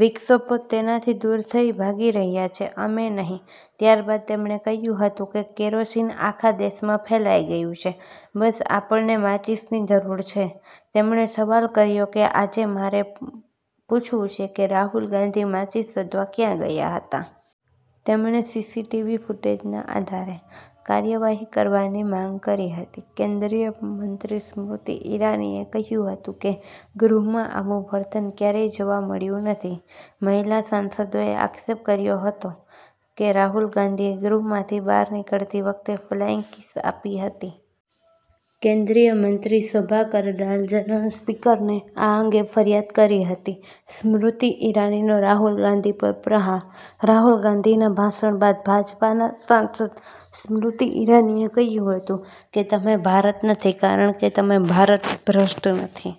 વિપક્ષો તેનાથી દૂર ભાગી રહ્યા છે, અમે નહીં. ત્યારબાદ તેમણે કહ્યું હતું કે કેરોસીન આખા દેશમાં ફેલાઈ ગયું છે, બસ આપણને માચીસની જરૂર છે. તેમણે સવાલ કર્યો કે, આજે મારે પૂછવું છે કે રાહુલ ગાંધી માચીસ શોધવા ક્યાં ગયા હતા? તેમણે સીસીટીવી ફૂટેજના આધારે કાર્યવાહી કરવાની માંગ કરી હતી. કેન્દ્રીય મંત્રી સ્મૃતિ ઈરાનીએ કહ્યું હતું કે ગૃહમાં આવું વર્તન ક્યારેય જોવા મળ્યું નથી. મહિલા સાંસદોએ આક્ષેપ કર્યો હતો કે રાહુલ ગાંધીએ ગૃહમાંથી બહાર નીકળતી વખતે ફ્લાઈંગ કિસ આપી હતી. કેન્દ્રીય મંત્રી શોભા કરંદલાજેએ પણ સ્પીકરને આ અંગે ફરિયાદ કરી હતી. સ્મૃતિ ઈરાનીનો રાહુલ ગાંધી પર પ્રહાર રાહુલ ગાંધીના ભાષણ બાદ ભાજપાના સાંસદ સ્મૃતિ ઈરાનીએ કહ્યું હતું, તમે ભારત નથી, કારણ કે તમે ભારત ભ્રષ્ટ નથી.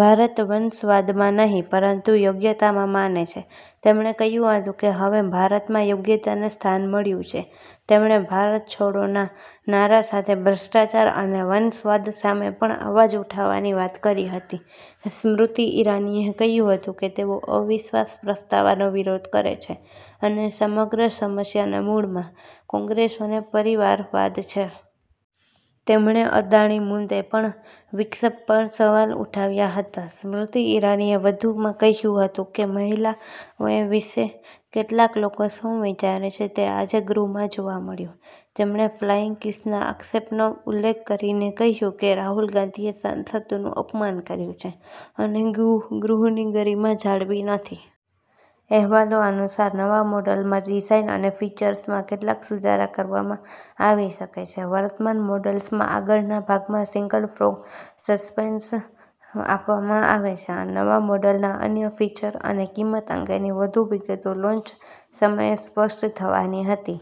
ભારત વંશવાદમાં નહીં, પરંતુ યોગ્યતામાં માને છે.” તેમણે કહ્યું હતું કે હવે ભારતમાં યોગ્યતાને સ્થાન મળ્યું છે. તેમણે “ભારત છોડો”ના નારા સાથે ભ્રષ્ટાચાર અને વંશવાદ સામે પણ અવાજ ઉઠાવવાની વાત કરી હતી. સ્મૃતિ ઈરાનીએ કહ્યું હતું કે તેઓ અવિશ્વાસ પ્રસ્તાવનો વિરોધ કરે છે અને સમગ્ર સમસ્યાના મૂળમાં કોંગ્રેસનો પરિવારવાદ છે. તેમણે અદાણી મુદ્દે પણ વિક્ષેપપર સવાલ ઉઠાવ્યા હતા. સ્મૃતિ ઈરાનીએ વધુમાં કહ્યું હતું કે મહિલાઓ વિશે કેટલાક લોકો શું વિચારે છે તે આજે ગૃહમાં જોવા મળ્યું. તેમણે ફ્લાઈંગ કિસના આક્ષેપનો ઉલ્લેખ કરીને કહ્યું કે રાહુલ ગાંધીએ સાંસદોનું અપમાન કર્યું છે અને ગૃહની ગરિમા જાળવી નથી. અહેવાલો અનુસાર, નવા મોડલમાં ડિઝાઇન અને ફીચર્સમાં કેટલાક સુધારા કરવામાં આવી શકે છે. વર્તમાન મોડલ્સમાં આગળના ભાગમાં સિંગલ-ફોર્ક સસ્પેન્શન આપવામાં આવે છે. નવા મોડલના અન્ય ફીચર્સ અને કિંમત અંગેની વધુ વિગતો લોન્ચ સમયે સ્પષ્ટ થવાની હતી.